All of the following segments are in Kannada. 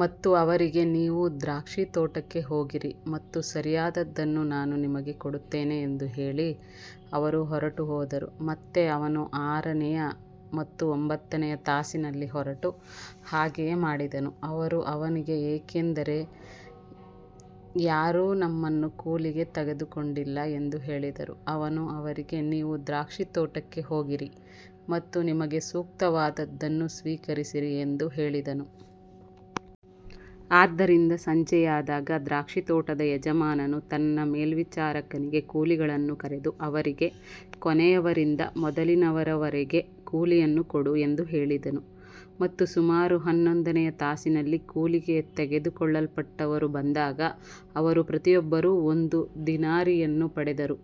ಮತ್ತು ಅವರಿಗೆ, ನೀವೂ ದ್ರಾಕ್ಷಿತೋಟಕ್ಕೆ ಹೋಗಿರಿ, ಮತ್ತು ಸರಿಯಾದದ್ದನ್ನು ನಾನು ನಿಮಗೆ ಕೊಡುತ್ತೇನೆ ಎಂದು ಹೇಳಿ ಅವರು ಹೊರಟುಹೋದರು. ಮತ್ತೆ ಅವನು ಆರನೆಯ ಮತ್ತು ಒಂಬತ್ತನೆಯ ತಾಸಿನಲ್ಲಿ ಹೊರಟು ಹಾಗೆಯೇ ಮಾಡಿದನು. ಅವರು ಅವನಿಗೆ, ಏಕೆಂದರೆ ಯಾರೂ ನಮ್ಮನ್ನು ಕೂಲಿಗೆ ತೆಗೆದುಕೊಂಡಿಲ್ಲ ಎಂದು ಹೇಳಿದರು. ಅವನು ಅವರಿಗೆ, ನೀವೂ ದ್ರಾಕ್ಷಿತೋಟಕ್ಕೆ ಹೋಗಿರಿ, ಮತ್ತು ನಿಮಗೆ ಸೂಕ್ತವಾದದ್ದನ್ನು ಸ್ವೀಕರಿಸಿರಿ ಎಂದು ಹೇಳಿದನು. ಆದ್ದರಿಂದ ಸಂಜೆಯಾದಾಗ ದ್ರಾಕ್ಷಿತೋಟದ ಯಜಮಾನನು ತನ್ನ ಮೇಲ್ವಿಚಾರಕನಿಗೆ, ಕೂಲಿಗಳನ್ನು ಕರೆದು ಅವರಿಗೆ ಕೊನೆಯವರಿಂದ ಮೊದಲಿನವರವರೆಗೆ ಕೂಲಿಯನ್ನು ಕೊಡು ಎಂದು ಹೇಳಿದನು. ಮತ್ತು ಸುಮಾರು ಹನ್ನೊಂದನೆಯ ತಾಸಿನಲ್ಲಿ ಕೂಲಿಗೆ ತೆಗೆದುಕೊಳ್ಳಲ್ಪಟ್ಟವರು ಬಂದಾಗ, ಅವರು ಪ್ರತಿಯೊಬ್ಬರೂ ಒಂದು ದಿನಾರಿಯನ್ನು ಪಡೆದರು.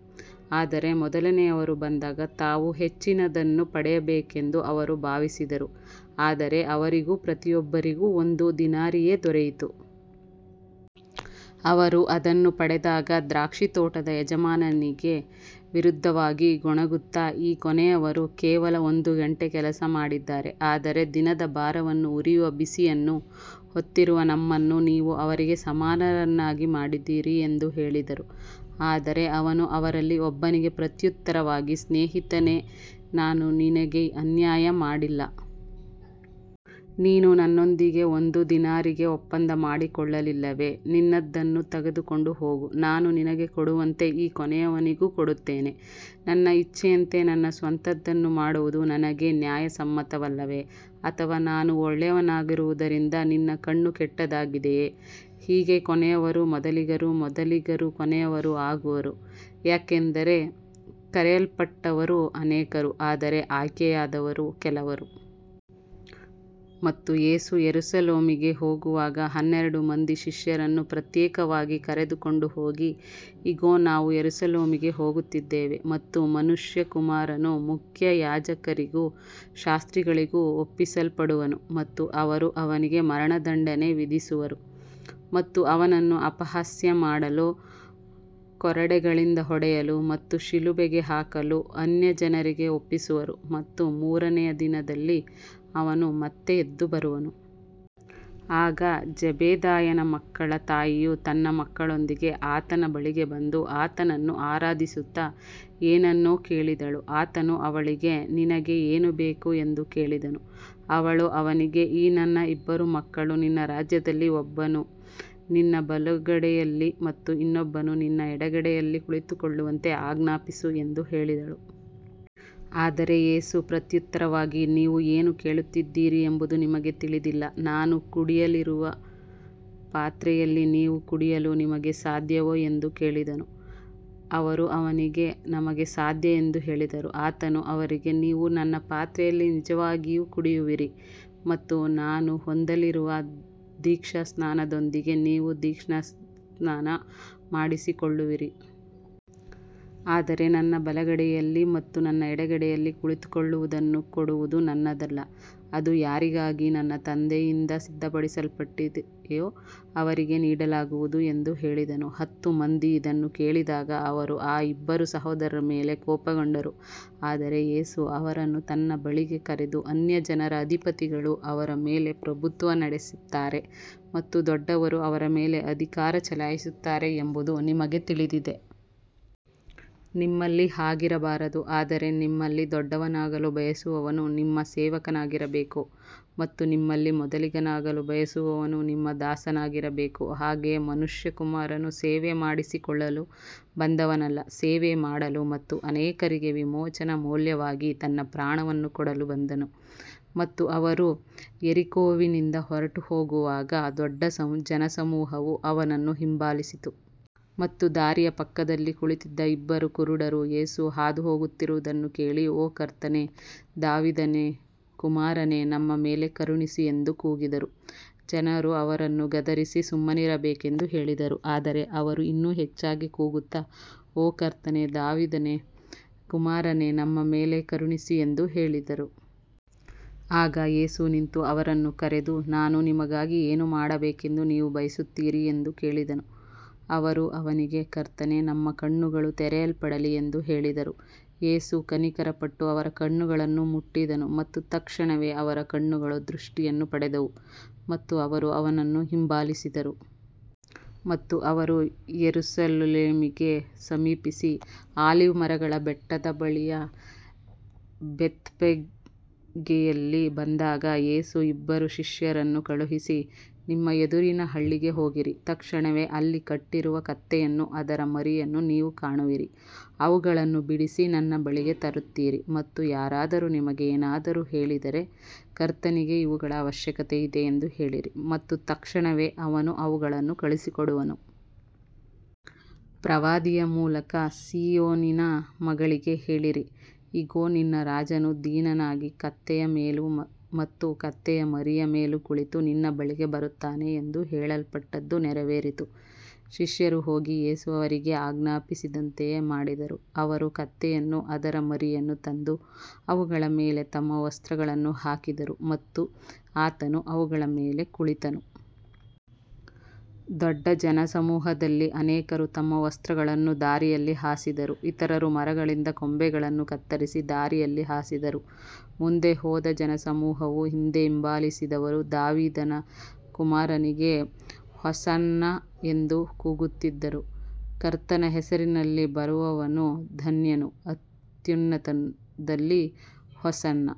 ಆದರೆ ಮೊದಲನೆಯವರು ಬಂದಾಗ, ತಾವು ಹೆಚ್ಚಿನದನ್ನು ಪಡೆಯಬೇಕೆಂದು ಅವರು ಭಾವಿಸಿದರು, ಆದರೆ ಅವರಿಗೂ ಪ್ರತಿಯೊಬ್ಬರಿಗೂ ಒಂದು ದಿನಾರಿಯೇ ದೊರೆಯಿತು. ಅವರು ಅದನ್ನು ಪಡೆದಾಗ ದ್ರಾಕ್ಷಿತೋಟದ ಯಜಮಾನನಿಗೆ ವಿರುದ್ಧವಾಗಿ ಗೊಣಗುತ್ತಾ, ಈ ಕೊನೆಯವರು ಕೇವಲ ಒಂದು ಗಂಟೆ ಕೆಲಸ ಮಾಡಿದ್ದಾರೆ, ಆದರೆ ದಿನದ ಭಾರವನ್ನೂ ಉರಿಯುವ ಬಿಸಿಯನ್ನೂ ಹೊತ್ತಿರುವ ನಮ್ಮನ್ನು ನೀವು ಅವರಿಗೆ ಸಮಾನರನ್ನಾಗಿ ಮಾಡಿದ್ದೀರಿ ಎಂದು ಹೇಳಿದರು. ಆದರೆ ಅವನು ಅವರಲ್ಲಿ ಒಬ್ಬನಿಗೆ ಪ್ರತ್ಯುತ್ತರವಾಗಿ, ಸ್ನೇಹಿತನೇ, ನಾನು ನಿನಗೆ ಅನ್ಯಾಯ ಮಾಡಿಲ್ಲ. ನೀನು ನನ್ನೊಂದಿಗೆ ಒಂದು ದಿನಾರಿಗೆ ಒಪ್ಪಂದ ಮಾಡಿಕೊಳ್ಳಲಿಲ್ಲವೇ. ನಿನ್ನದನ್ನು ತೆಗೆದುಕೊಂಡು ಹೋಗು. ನಾನು ನಿನಗೆ ಕೊಡುವಂತೆ ಈ ಕೊನೆಯವನಿಗೂ ಕೊಡುತ್ತೇನೆ. ನನ್ನ ಇಚ್ಛೆಯಂತೆ ನನ್ನ ಸ್ವಂತದ್ದನ್ನು ಮಾಡುವುದು ನನಗೆ ನ್ಯಾಯಸಮ್ಮತವಲ್ಲವೇ. ಅಥವಾ ನಾನು ಒಳ್ಳೆಯವನಾಗಿರುವುದರಿಂದ ನಿನ್ನ ಕಣ್ಣು ಕೆಟ್ಟದ್ದಾಗಿದೆಯೇ. ಹೀಗೆ ಕೊನೆಯವರು ಮೊದಲಿಗರೂ ಮೊದಲಿಗರು ಕೊನೆಯವರೂ ಆಗುವರು, ಯಾಕಂದರೆ ಕರೆಯಲ್ಪಟ್ಟವರು ಅನೇಕರು, ಆದರೆ ಆಯ್ಕೆಯಾದವರು ಕೆಲವರು. ಮತ್ತು ಯೇಸು ಯೆರೂಸಲೇಮಿಗೆ ಹೋಗುವಾಗ ಹನ್ನೆರಡು ಮಂದಿ ಶಿಷ್ಯರನ್ನು ಪ್ರತ್ಯೇಕವಾಗಿ ಕರೆದುಕೊಂಡು ಹೋಗಿ, ಇಗೋ, ನಾವು ಯೆರೂಸಲೇಮಿಗೆ ಹೋಗುತ್ತಿದ್ದೇವೆ, ಮತ್ತು ಮನುಷ್ಯಕುಮಾರನು ಮುಖ್ಯ ಯಾಜಕರಿಗೂ ಶಾಸ್ತ್ರಿಗಳಿಗೂ ಒಪ್ಪಿಸಲ್ಪಡುವನು, ಮತ್ತು ಅವರು ಅವನಿಗೆ ಮರಣದಂಡನೆ ವಿಧಿಸುವರು. ಮತ್ತು ಅವನನ್ನು ಅಪಹಾಸ್ಯ ಮಾಡಲು, ಕೊರಡೆಗಳಿಂದ ಹೊಡೆಯಲು ಮತ್ತು ಶಿಲುಬೆಗೆ ಹಾಕಲು ಅನ್ಯಜನರಿಗೆ ಒಪ್ಪಿಸುವರು, ಮತ್ತು ಮೂರನೆಯ ದಿನದಲ್ಲಿ ಅವನು ಮತ್ತೆ ಎದ್ದು ಬರುವನು. ಆಗ ಜೆಬೆದಾಯನ ಮಕ್ಕಳ ತಾಯಿಯು ತನ್ನ ಮಕ್ಕಳೊಂದಿಗೆ ಆತನ ಬಳಿಗೆ ಬಂದು, ಆತನನ್ನು ಆರಾಧಿಸುತ್ತಾ ಏನನ್ನೋ ಕೇಳಿದಳು. ಆತನು ಅವಳಿಗೆ, ನಿನಗೆ ಏನು ಬೇಕು ಎಂದು ಕೇಳಿದನು. ಅವಳು ಅವನಿಗೆ, ಈ ನನ್ನ ಇಬ್ಬರು ಮಕ್ಕಳು ನಿನ್ನ ರಾಜ್ಯದಲ್ಲಿ ಒಬ್ಬನು ನಿನ್ನ ಬಲಗಡೆಯಲ್ಲಿ ಮತ್ತು ಇನ್ನೊಬ್ಬನು ನಿನ್ನ ಎಡಗಡೆಯಲ್ಲಿ ಕುಳಿತುಕೊಳ್ಳುವಂತೆ ಆಜ್ಞಾಪಿಸು ಎಂದು ಹೇಳಿದಳು. ಆದರೆ ಯೇಸು ಪ್ರತ್ಯುತ್ತರವಾಗಿ, ನೀವು ಏನು ಕೇಳುತ್ತಿದ್ದೀರಿ ಎಂಬುದು ನಿಮಗೆ ತಿಳಿದಿಲ್ಲ. ನಾನು ಕುಡಿಯಲಿರುವ ಪಾತ್ರೆಯಲ್ಲಿ ನೀವು ಕುಡಿಯಲು ನಿಮಗೆ ಸಾಧ್ಯವೋ ಎಂದು ಕೇಳಿದನು. ಅವರು ಅವನಿಗೆ, ನಮಗೆ ಸಾಧ್ಯ ಎಂದು ಹೇಳಿದರು. ಆತನು ಅವರಿಗೆ, ನೀವು ನನ್ನ ಪಾತ್ರೆಯಲ್ಲಿ ನಿಜವಾಗಿಯೂ ಕುಡಿಯುವಿರಿ, ಮತ್ತು ನಾನು ಹೊಂದಲಿರುವ ದೀಕ್ಷಾಸ್ನಾನದೊಂದಿಗೆ ನೀವು ದೀಕ್ಷಾಸ್ನಾನ ಮಾಡಿಸಿಕೊಳ್ಳುವಿರಿ. ಆದರೆ ನನ್ನ ಬಲಗಡೆಯಲ್ಲಿ ಮತ್ತು ನನ್ನ ಎಡಗಡೆಯಲ್ಲಿ ಕುಳಿತುಕೊಳ್ಳುವುದನ್ನು ಕೊಡುವುದು ನನ್ನದಲ್ಲ. ಅದು ಯಾರಿಗಾಗಿ ನನ್ನ ತಂದೆಯಿಂದ ಸಿದ್ಧಪಡಿಸಲ್ಪಟ್ಟಿದೆಯೋ ಅವರಿಗೆ ನೀಡಲಾಗುವುದು ಎಂದು ಹೇಳಿದನು. ಹತ್ತು ಮಂದಿ ಇದನ್ನು ಕೇಳಿದಾಗ, ಅವರು ಆ ಇಬ್ಬರು ಸಹೋದರರ ಮೇಲೆ ಕೋಪಗೊಂಡರು. ಆದರೆ ಯೇಸು ಅವರನ್ನು ತನ್ನ ಬಳಿಗೆ ಕರೆದು, ಅನ್ಯಜನರ ಅಧಿಪತಿಗಳು ಅವರ ಮೇಲೆ ಪ್ರಭುತ್ವ ನಡೆಸುತ್ತಾರೆ ಮತ್ತು ದೊಡ್ಡವರು ಅವರ ಮೇಲೆ ಅಧಿಕಾರ ಚಲಾಯಿಸುತ್ತಾರೆ ಎಂಬುದು ನಿಮಗೆ ತಿಳಿದಿದೆ. ನಿಮ್ಮಲ್ಲಿ ಹಾಗಿರಬಾರದು. ಆದರೆ ನಿಮ್ಮಲ್ಲಿ ದೊಡ್ಡವನಾಗಲು ಬಯಸುವವನು ನಿಮ್ಮ ಸೇವಕನಾಗಿರಬೇಕು. ಮತ್ತು ನಿಮ್ಮಲ್ಲಿ ಮೊದಲಿಗನಾಗಲು ಬಯಸುವವನು ನಿಮ್ಮ ದಾಸನಾಗಿರಬೇಕು. ಹಾಗೆಯೇ ಮನುಷ್ಯಕುಮಾರನು ಸೇವೆ ಮಾಡಿಸಿಕೊಳ್ಳಲು ಬಂದವನಲ್ಲ, ಸೇವೆ ಮಾಡಲು ಮತ್ತು ಅನೇಕರಿಗೆ ವಿಮೋಚನಾ ಮೌಲ್ಯವಾಗಿ ತನ್ನ ಪ್ರಾಣವನ್ನು ಕೊಡಲು ಬಂದನು. ಮತ್ತು ಅವರು ಯೆರಿಕೋವಿನಿಂದ ಹೊರಟುಹೋಗುವಾಗ ದೊಡ್ಡ ಜನಸಮೂಹವು ಅವನನ್ನು ಹಿಂಬಾಲಿಸಿತು. ಮತ್ತು ದಾರಿಯ ಪಕ್ಕದಲ್ಲಿ ಕುಳಿತಿದ್ದ ಇಬ್ಬರು ಕುರುಡರು, ಯೇಸು ಹಾದುಹೋಗುತ್ತಿರುವುದನ್ನು ಕೇಳಿ, ಓ ಕರ್ತನೇ, ದಾವೀದನ ಕುಮಾರನೇ, ನಮ್ಮ ಮೇಲೆ ಕರುಣಿಸು ಎಂದು ಕೂಗಿದರು. ಜನರು ಅವರನ್ನು ಗದರಿಸಿ ಸುಮ್ಮನಿರಬೇಕೆಂದು ಹೇಳಿದರು. ಆದರೆ ಅವರು ಇನ್ನೂ ಹೆಚ್ಚಾಗಿ ಕೂಗುತ್ತಾ, ಓ ಕರ್ತನೇ, ದಾವೀದನ ಕುಮಾರನೇ, ನಮ್ಮ ಮೇಲೆ ಕರುಣಿಸು ಎಂದು ಹೇಳಿದರು. ಆಗ ಯೇಸು ನಿಂತು ಅವರನ್ನು ಕರೆದು, ನಾನು ನಿಮಗಾಗಿ ಏನು ಮಾಡಬೇಕೆಂದು ನೀವು ಬಯಸುತ್ತೀರಿ ಎಂದು ಕೇಳಿದನು. ಅವರು ಅವನಿಗೆ, ಕರ್ತನೇ, ನಮ್ಮ ಕಣ್ಣುಗಳು ತೆರೆಯಲ್ಪಡಲಿ ಎಂದು ಹೇಳಿದರು. ಯೇಸು ಕನಿಕರಪಟ್ಟು ಅವರ ಕಣ್ಣುಗಳನ್ನು ಮುಟ್ಟಿದನು, ಮತ್ತು ತಕ್ಷಣವೇ ಅವರ ಕಣ್ಣುಗಳು ದೃಷ್ಟಿಯನ್ನು ಪಡೆದವು, ಮತ್ತು ಅವರು ಅವನನ್ನು ಹಿಂಬಾಲಿಸಿದರು. ಮತ್ತು ಅವರು ಯೆರೂಸಲೇಮಿಗೆ ಸಮೀಪಿಸಿ ಆಲಿವ್ ಮರಗಳ ಬೆಟ್ಟದ ಬಳಿಯ ಬೆತ್ಫಗೆಯಲ್ಲಿ ಬಂದಾಗ, ಯೇಸು ಇಬ್ಬರು ಶಿಷ್ಯರನ್ನು ಕಳುಹಿಸಿ, ನಿಮ್ಮ ಎದುರಿನ ಹಳ್ಳಿಗೆ ಹೋಗಿರಿ. ತಕ್ಷಣವೇ ಅಲ್ಲಿ ಕಟ್ಟಿರುವ ಕತ್ತೆಯನ್ನೂ ಅದರ ಮರಿಯನ್ನೂ ನೀವು ಕಾಣುವಿರಿ. ಅವುಗಳನ್ನು ಬಿಡಿಸಿ ನನ್ನ ಬಳಿಗೆ ತರುತ್ತೀರಿ. ಮತ್ತು ಯಾರಾದರೂ ನಿಮಗೆ ಏನಾದರೂ ಹೇಳಿದರೆ, ಕರ್ತನಿಗೆ ಇವುಗಳ ಅವಶ್ಯಕತೆಯಿದೆ ಎಂದು ಹೇಳಿರಿ, ಮತ್ತು ತಕ್ಷಣವೇ ಅವನು ಅವುಗಳನ್ನು ಕಳುಹಿಸಿಕೊಡುವನು. ಪ್ರವಾದಿಯ ಮೂಲಕ, ಸೀಯೋನಿನ ಮಗಳಿಗೆ ಹೇಳಿರಿ, ಇಗೋ, ನಿನ್ನ ರಾಜನು ದೀನನಾಗಿ, ಕತ್ತೆಯ ಮೇಲೂ ಮತ್ತು ಕತ್ತೆಯ ಮರಿಯ ಮೇಲೂ ಕುಳಿತು ನಿನ್ನ ಬಳಿಗೆ ಬರುತ್ತಾನೆ ಎಂದು ಹೇಳಲ್ಪಟ್ಟದ್ದು ನೆರವೇರಿತು. ಶಿಷ್ಯರು ಹೋಗಿ ಯೇಸು ಅವರಿಗೆ ಆಜ್ಞಾಪಿಸಿದಂತೆಯೇ ಮಾಡಿದರು. ಅವರು ಕತ್ತೆಯನ್ನೂ ಅದರ ಮರಿಯನ್ನೂ ತಂದು ಅವುಗಳ ಮೇಲೆ ತಮ್ಮ ವಸ್ತ್ರಗಳನ್ನು ಹಾಕಿದರು, ಮತ್ತು ಆತನು ಅವುಗಳ ಮೇಲೆ ಕುಳಿತನು. ದೊಡ್ಡ ಜನಸಮೂಹದಲ್ಲಿ ಅನೇಕರು ತಮ್ಮ ವಸ್ತ್ರಗಳನ್ನು ದಾರಿಯಲ್ಲಿ ಹಾಸಿದರು, ಇತರರು ಮರಗಳಿಂದ ಕೊಂಬೆಗಳನ್ನು ಕತ್ತರಿಸಿ ದಾರಿಯಲ್ಲಿ ಹಾಸಿದರು. ಮುಂದೆ ಹೋದ ಜನಸಮೂಹವೂ ಹಿಂದೆ ಹಿಂಬಾಲಿಸಿದವರೂ, ದಾವೀದನ ಕುಮಾರನಿಗೆ ಹೊಸನ್ನಾ ಎಂದು ಕೂಗುತ್ತಿದ್ದರು. ಕರ್ತನ ಹೆಸರಿನಲ್ಲಿ ಬರುವವನು ಧನ್ಯನು. ಅತ್ಯುನ್ನತದಲ್ಲಿ ಹೊಸನ್ನಾ.